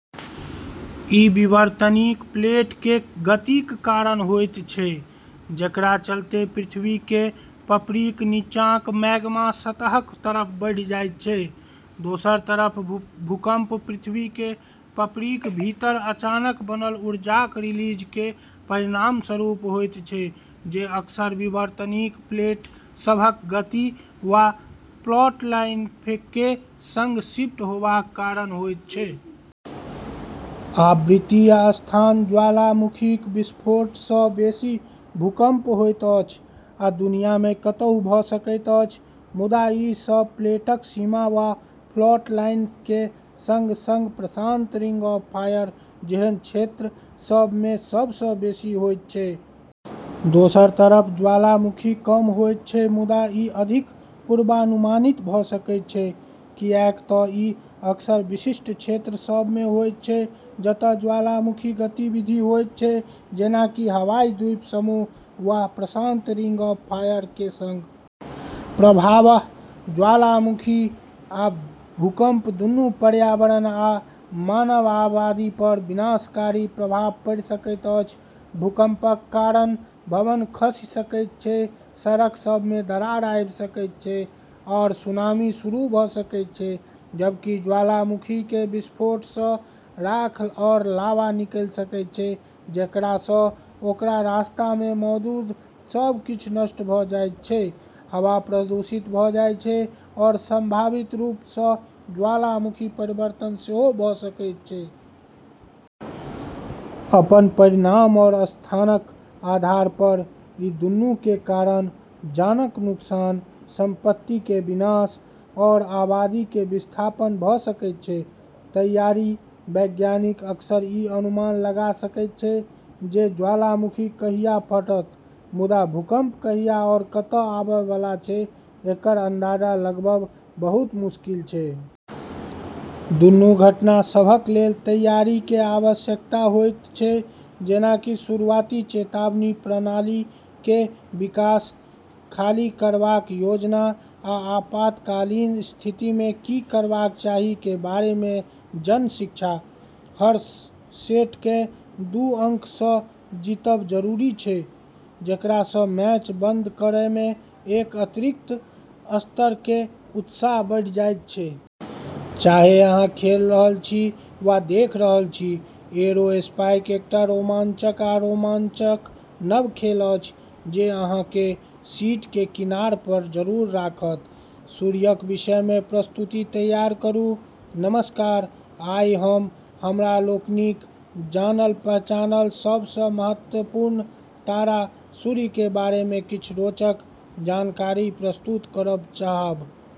ई विवर्तनिक प्लेट केर गतिक कारण होइत छै, जेकरा चलैत पृथ्वी केर पपड़ीक नीचाँक मैग्मा सतहक तरफ बढ़ि जाइत छै। दोसर तरफ भूकंप पृथ्वी केर पपड़ीक भीतर अचानक बनल ऊर्जाक रिलीज केर परिणामस्वरूप होइत छै, जे अक्सर विवर्तनिक प्लेट सभक गति वा फॉल्ट लाइन केर संग शिफ्ट होबाक कारण होइत छै। आवृत्ति आ स्थान: ज्वालामुखी विस्फोटसँ बेसी भूकंप होइत अछि आ दुनियामे कतहु भऽ सकैत अछि। मुदा ई सब प्लेटक सीमा वा फॉल्ट लाइन केर संग-संग प्रशांत रिंग ऑफ फायर जेहन क्षेत्र सभमे सबसँ बेसी होइत छै। दोसर तरफ ज्वालामुखी कम होइत छै मुदा ई अधिक पूर्वानुमानित भऽ सकैत छै, किऐक तऽ ई अक्सर विशिष्ट क्षेत्र सभमे होइत छै, जतय ज्वालामुखी गतिविधि होइत छै, जेना कि हवाई द्वीप समूह वा प्रशांत रिंग ऑफ फायर केर संग। प्रभाव: ज्वालामुखी आ भूकंप दूनू पर्यावरण आ मानव आबादीपर विनाशकारी प्रभाव पाड़ि सकैत अछि। भूकंपक कारण भवन खसि सकैत छै, सड़क सभमे दरार आबि सकैत छै, आओर सुनामी शुरू भऽ सकैत छै, जबकि ज्वालामुखी केर विस्फोटसँ राख आओर लावा निकलि सकैत छै, जेकरासँ ओकर रास्तामे मौजूद सब किछु नष्ट भऽ जाइत छै, हवा प्रदूषित भऽ जाइत छै आओर संभावित रूपसँ जलवायु परिवर्तन सेहो भऽ सकैत छै। अपन परिमाण आओर स्थानक आधारपर ई दूनू केर कारण जानक नुकसान, संपत्ति केर विनाश आओर आबादी केर विस्थापन भऽ सकैत छै। तैयारी: वैज्ञानिक अक्सर ई अनुमान लगाइ सकैत छै जे ज्वालामुखी कहिया फटत, मुदा भूकंप कहिया आओर कतय आबैवाला छै, एकर अंदाजा लगाबब बहुत मुश्किल छै। दूनू घटना सभक लेल तैयारी केर आवश्यकता होइत छै, जेना कि शुरुआती चेतावनी प्रणाली केर विकास, खाली करबाक योजना, आ आपातकालीन स्थितिमे की करबाक चाही केर बारेमे जन शिक्षा। हर सेटकेँ दू अंकसँ जीतब जरूरी छै, जेकरासँ मैच बंद करैमे एक अतिरिक्त स्तर केर उत्साह बढ़ि जाइत छै। चाहे अहाँ खेल रहल छी वा देख रहल छी, एयरोस्पाइक एकटा रोमांचक आ रोमांचक नव खेल अछि जे अहाँकेँ सीट केर किनारापर जरूर राखत! सूर्यक विषयमे प्रस्तुति तैयार करू। नमस्कार, आइ हम हमरा लोकनिक जानल-पहचानल सबसँ महत्वपूर्ण तारा सूर्य केर बारेमे किछु रोचक जानकारी प्रस्तुत करब चाहब।